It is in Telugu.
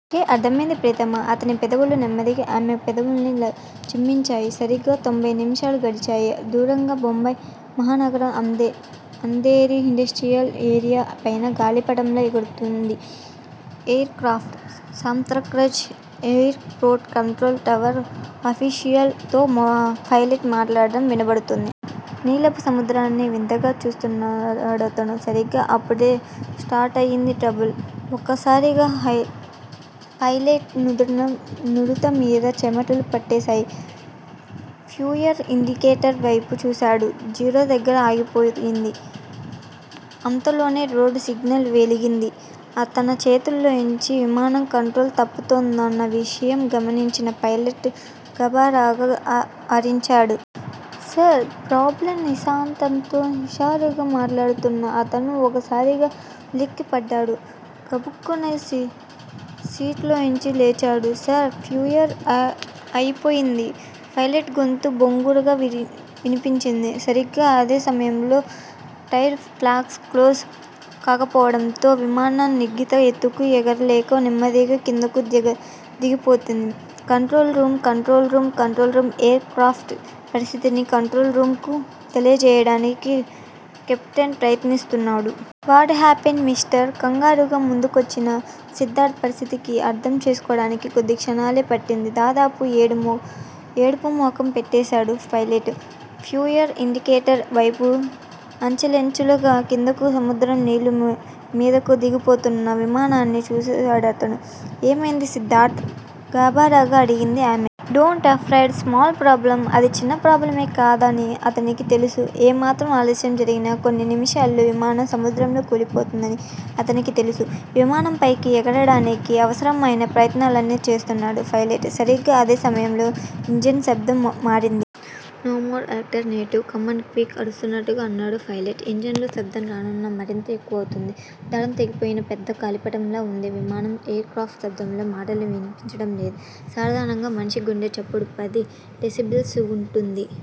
కె అర్ధమైంది ప్రియతమా అతని పెదవులు నెమ్మదిగా ఆమె పెదవుల్ని చుంభించాయి. సరిగ్గా తొంభై నిమిషాలు గడిచాయి. దూరంగా బొంబాయి మహానగరం అంధేరీ ఇండస్ట్రియల్ ఏరియా పైన గాలిపటంలా ఎగురుతుంది aircraft. Santacruz airport control tower official తో పైలెట్ మాట్లాడడం వినబడుతోంది. నీలపు సముద్రాన్ని వింతగా చూస్తున్నాడతను. సరిగ్గా అప్పుడు స్టార్టయింది ట్రబుల్. ఒక్కసారిగా పైలెట్ నుదుట మీద చెమట్లు పట్టేశాయి. ఫ్యూయల్ ఇండికేటర్ వేపు చూశాడు. జీరో దగ్గర ఆగిపోయింది. అంతలోనే రోడ్ సిగ్నల్ వెలిగింది. తన చేతుల్లోంచి విమానం కంట్రోల్ తప్పుతోందన్న విషయం గమనించి పైలెట్ గాభరాగా అరిచాడు. సర్ ప్రాబ్లమ్ నిశాంతతో హుషారుగా మాట్లాడుతున్న అతను ఒక్కసారిగా వులిక్కిపడ్డాడు. గబుక్కున సీట్లోంచి లేచాడు. సర్ ఫ్యూయల్ అయిపోయింది పైలెట్ గొంతు బొంగురుగా విన్పించింది. సరిగ్గా అదే సమయంలో టైరు ఫ్లాప్స్ క్లోజ్ కాకపోవడంతో విమానం నిర్ణీత ఎత్తుకు ఎగరలేక నెమ్మదిగా కిందకు దిగిపోతోంది. Control room control room aircraft పరిస్థితిని కంట్రోల్ రూమ్ కు తెలియచేయడానికి కెప్టెన్ ప్రయత్నిస్తున్నాడు. What happened mister? కంగారుగా ముందుకొచ్చిన సిద్ధార్ధ పరిస్థితిని అర్ధం చేసుకోడానికి కొద్ది క్షణాలే పట్టింది. దాదాపు ఏడుపు ముఖం పెట్టేశాడు పైలెట్. ఫ్యూయల్ ఇండికేటర్ వేపు అంచెలంచెలుగా కిందకు సముద్రం నీళ్ళ మీదకు దిగిపోతున్న విమానాన్ని చూశాడతను. ఏమైంది సిద్ధార్ధ్? గాభరాగా అడిగింది ఆమె. డోంట్ ఎఫ్రైడ్ స్మాల్ ప్రాబ్లమ్ అది చిన్న ప్రాబ్లమ్ కాదని అతనికి తెలుసు. ఏమాత్రం ఆలస్యం జరిగినా కొన్ని నిమిషాలలో విమానం సముద్రంలో కూలిపోతుందని అతనికి తెలుసు. విమానం పైకి ఎగరడానికి అవసరమైన ప్రయత్నాలన్నీ చేస్తున్నాడు పైలెట్. సరిగ్గా అదే సమయంలో- ఇంజన్ శబ్దం మారింది. No more alternative. Come on quick అరుస్తున్నట్టుగా అన్నాడు పైలెట్. ఇంజన్ లో శబ్దం రాన్రానూ మరింత ఎక్కువవుతోంది. దారం తెగిపోయిన పెద్ద గాలిపటంలా వుంది విమానం. ఎయిర్ క్రాఫ్టు శబ్దంలో మాటలు విన్పించడం లేదు సాధారణంగా మనిషి గుండె చప్పుడు పది డెసిబల్స్ వుంటుంది.